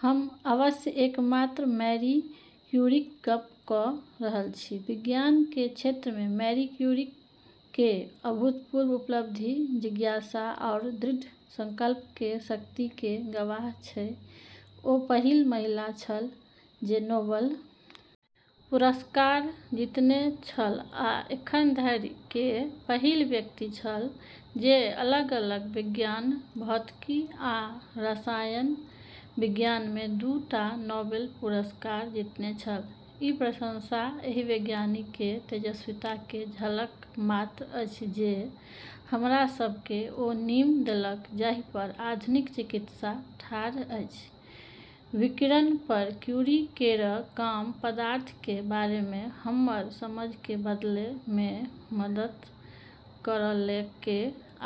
हम अवश्य एकमात्र मैरी क्यूरीक गप्प क रहल छी, विज्ञान के क्षेत्र में मैरी क्यूरी के अभूतपूर्व उपलब्धि जिज्ञासा आरू दृढ़ संकल्प के शक्ति के गवाह छै ओ पहिल महिला छल जे नोबेल पुरस्कार जीतने छल आ एखन धरि के पहिल व्यक्ति छल जे अलग-अलग विज्ञान भौतिकी आ रसायन विज्ञान मे दू टा नोबेल पुरस्कार जीतने छल, ई प्रशंसा एहि वैज्ञानिक के तेजस्वीता के झलक मात्र अछि जे हमरा सब के ओ नींव देलक जाहि पर आधुनिक चिकित्सा ठाढ़ अछि, विकिरण पर क्यूरी केरऽ काम पदार्थ के बारे मे हमरऽ समझ के बदलै मे मदद करलकै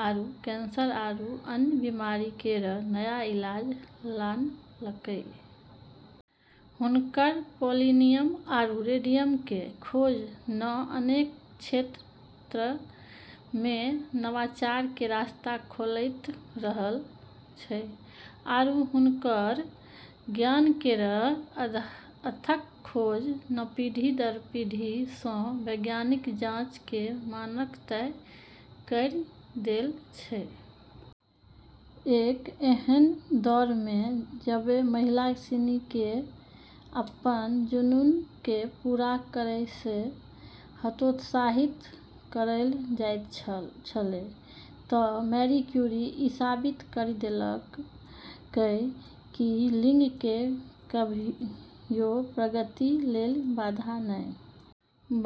आरू कैंसर आरू अन्य बीमारी केरऽ नया इलाज लानलकै। हुनकऽ पोलोनियम आरू रेडियम के खोज न अनेक क्षेत्रऽ मे नवाचार के रास्ता खोलतें रहलऽ छै आरू हुनकऽ ज्ञान केरऽ अथक खोज न पीढ़ी-दर-पीढ़ी स॑ वैज्ञानिक जांच के मानक तय करी देले छै, एक ऐन्हऽ दौर मे जबे महिला सिनी के अपनऽ जुनून के पूरा करै से हतोत्साहित करलऽ जाय छेलै त मैरी क्यूरी ई साबित करी देलकै कि लिंग के कभियो प्रगति लेली बाधा नै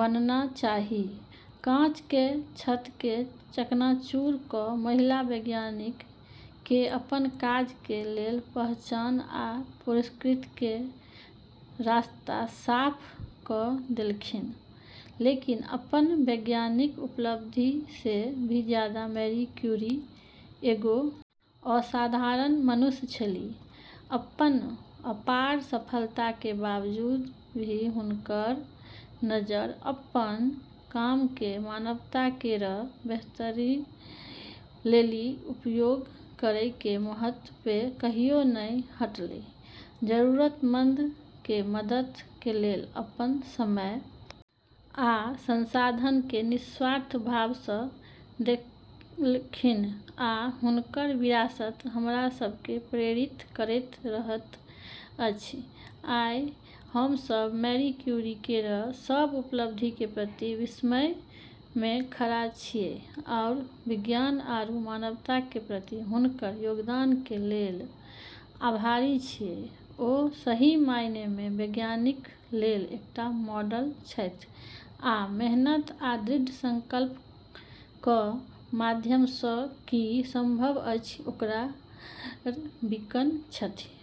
बनना चाहि, काँच के छत के चकनाचूर क महिला वैज्ञानिक के अपन काज के लेल पहचान आ पुरस्कृत के रास्ता साफ क देलखिन्ह लेकिन अपनऽ वैज्ञानिक उपलब्धि से भी जादा मैरी क्यूरी एगो असाधारण मनुष्य छेली, अपनऽ अपार सफलता के बावजूद भी हुनकऽ नजर अपनऽ काम के मानवता केरऽ बेहतरी लेली उपयोग करै के महत्व पे कहियो नै हटलै, जरूरतमंद के मदद के लेल अपन समय आ संसाधन के निस्वार्थ भाव स देलखिन आ हुनकर विरासत हमरा सब के प्रेरित करैत रहैत अछि, आइ हम सब मैरी क्यूरी केरऽ सब उपलब्धि के प्रति विस्मय में खड़ा छियै आरू विज्ञान आरू मानवता के प्रति हुनकऽ योगदान के लेलऽ आभारी छियै ओ सही मायने मे वैज्ञानिक लेल एकटा मॉडल छथि आ मेहनत आ दृढ़ संकल्प क माध्यम स की संभव अछि ओकर बीकन छथि।